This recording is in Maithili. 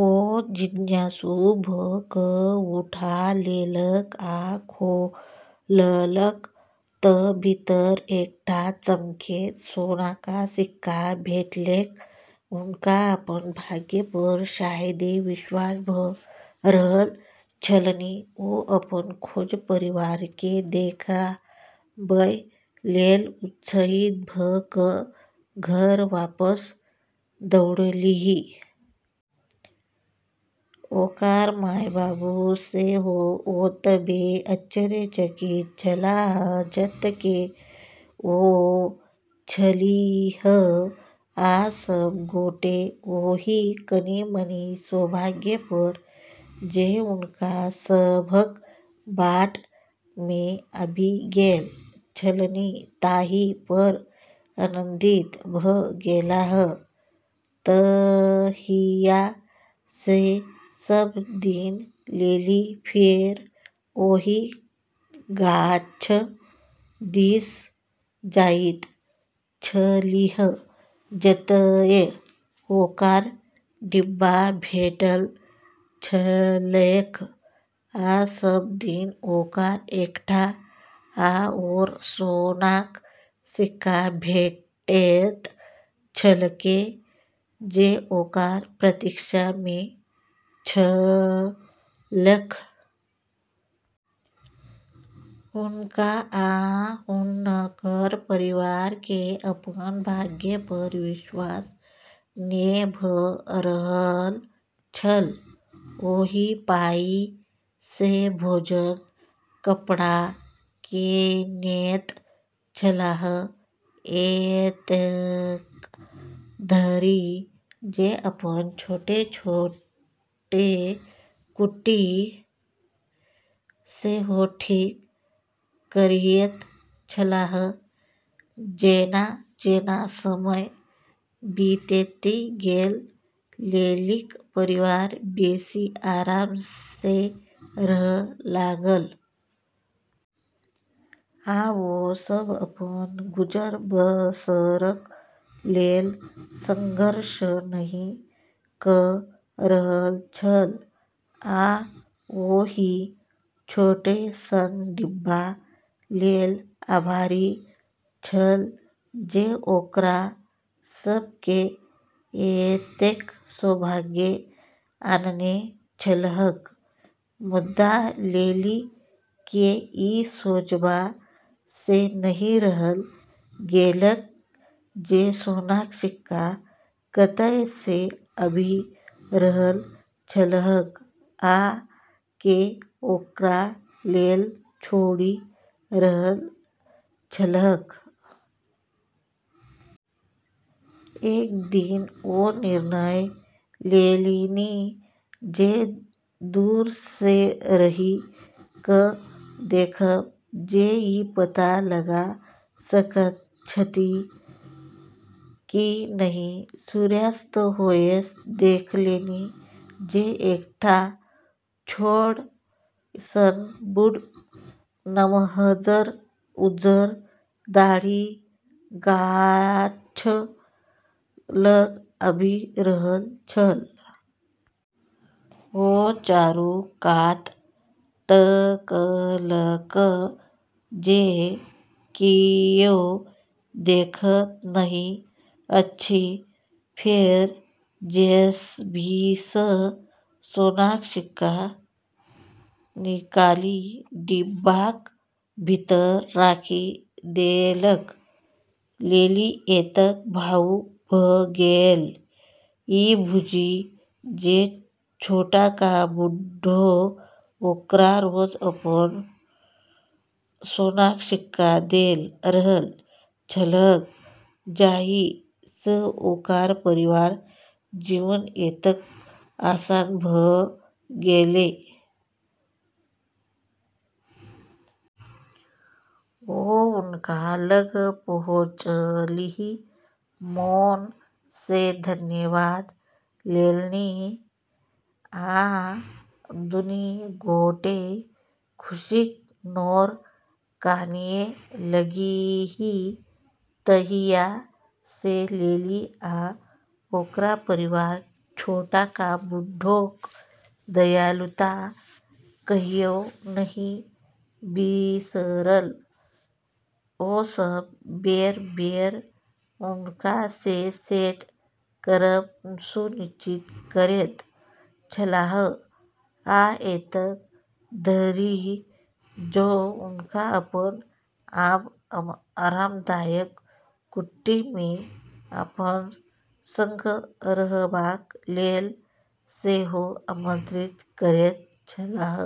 ओ जिज्ञासु भऽ कऽ उठा लेलक आ खोललक तऽ भीतर एकटा चमकैत सोनाक सिक्का भेटलैक। हुनका अपन भाग्य पर शायदे विश्वास भऽ रहल छलनि ।ओ अपन खोज परिवार केँ देखाबय लेल उत्साहित भऽ कऽ घर वापस दौड़लीह । ओकर माय-बाबू सेहो ओतबे आश्चर्यचकित छलाह जतेक ओ छलीह, आ सभ गोटे ओहि कनि-मनि सौभाग्य पर जे हुनका सभक बाट मे आबि गेल छलनि, ताहि पर आनन्दित भऽ गेलाह। तहिया सँ सब दिन लिली फेर ओहि गाछ दिस जाइत छलीह जतय ओकरा डिब्बा भेटल छलैक, आ सब दिन ओकरा एकटा आओर सोनाक सिक्का भेटैत छलैक जे ओकर प्रतीक्षा मे छलैक। हुनका आ हुनकर परिवार के अपन भाग्य पर विश्वास नै भ रहल छल! ओहि पाइ सँ भोजन, कपड़ा कीनैत छलाह, एतेक धरि जे अपन छोट-छोट कुटी सेहो ठीक करैत छलाह। जेना-जेना समय बीतैत गेल, लिलीक परिवार बेसी आराम सँ रहय लागल। आब ओ सभ अपन गुजर-बसरक लेल संघर्ष नहि कऽ रहल छल, आ ओहि छोट सन डिब्बा लेल आभारी छल जे ओकरा सभ केँ एतेक सौभाग्य अनने छलैक। मुदा, लिली केँ ई सोचबा सँ नहि रहल गेलैक जे सोनाक सिक्का कतय सँ आबि रहल छलैक, आ के ओकरा लेल छोड़ि रहल छलैक। एक दिन ओ निर्णय लेलनि जे दूर सँ रहि कऽ देखब, जे ई पता लगा सकैत छथि कि नहि। सूर्यास्त होइते देखलनि जे एकटा छोट सन बूढ़, नमहर उज्जर दाढ़ी, गाछ लग आबि रहल छल। ओ चारू कात तकलक जे कियो देखैत नहि अछि, फेर जेबीसँ सोनाक सिक्का निकालि डिब्बाक भीतर राखि देलक। लिली एतेक भावुक भऽ गेलै, ई बुझि जे छोटका बूढ़ ओकरा रोज अपन सोनाक सिक्का दऽ रहल छलैक, जाहि सँ ओकर परिवारक जीवन एतेक आसान भऽ गेलै। ओ हुनका लग पहुँचलीह, मोन सँ धन्यवाद देलनि, आ दुनू गोटे खुशीक नोर कानय लगलीह। तहिया सँ लिली आ ओकर परिवार छोटका बूढ़क दयालुता कहियो नहि बिसरल। ओ सभ बेर-बेर हुनका सँ भेंट करब सुनिश्चित करैत छलाह, आ एतेक धरि जे हुनका अपन आब आरामदायक कुटी मे अपना संग रहबाक लेल सेहो आमंत्रित करैत छलाह।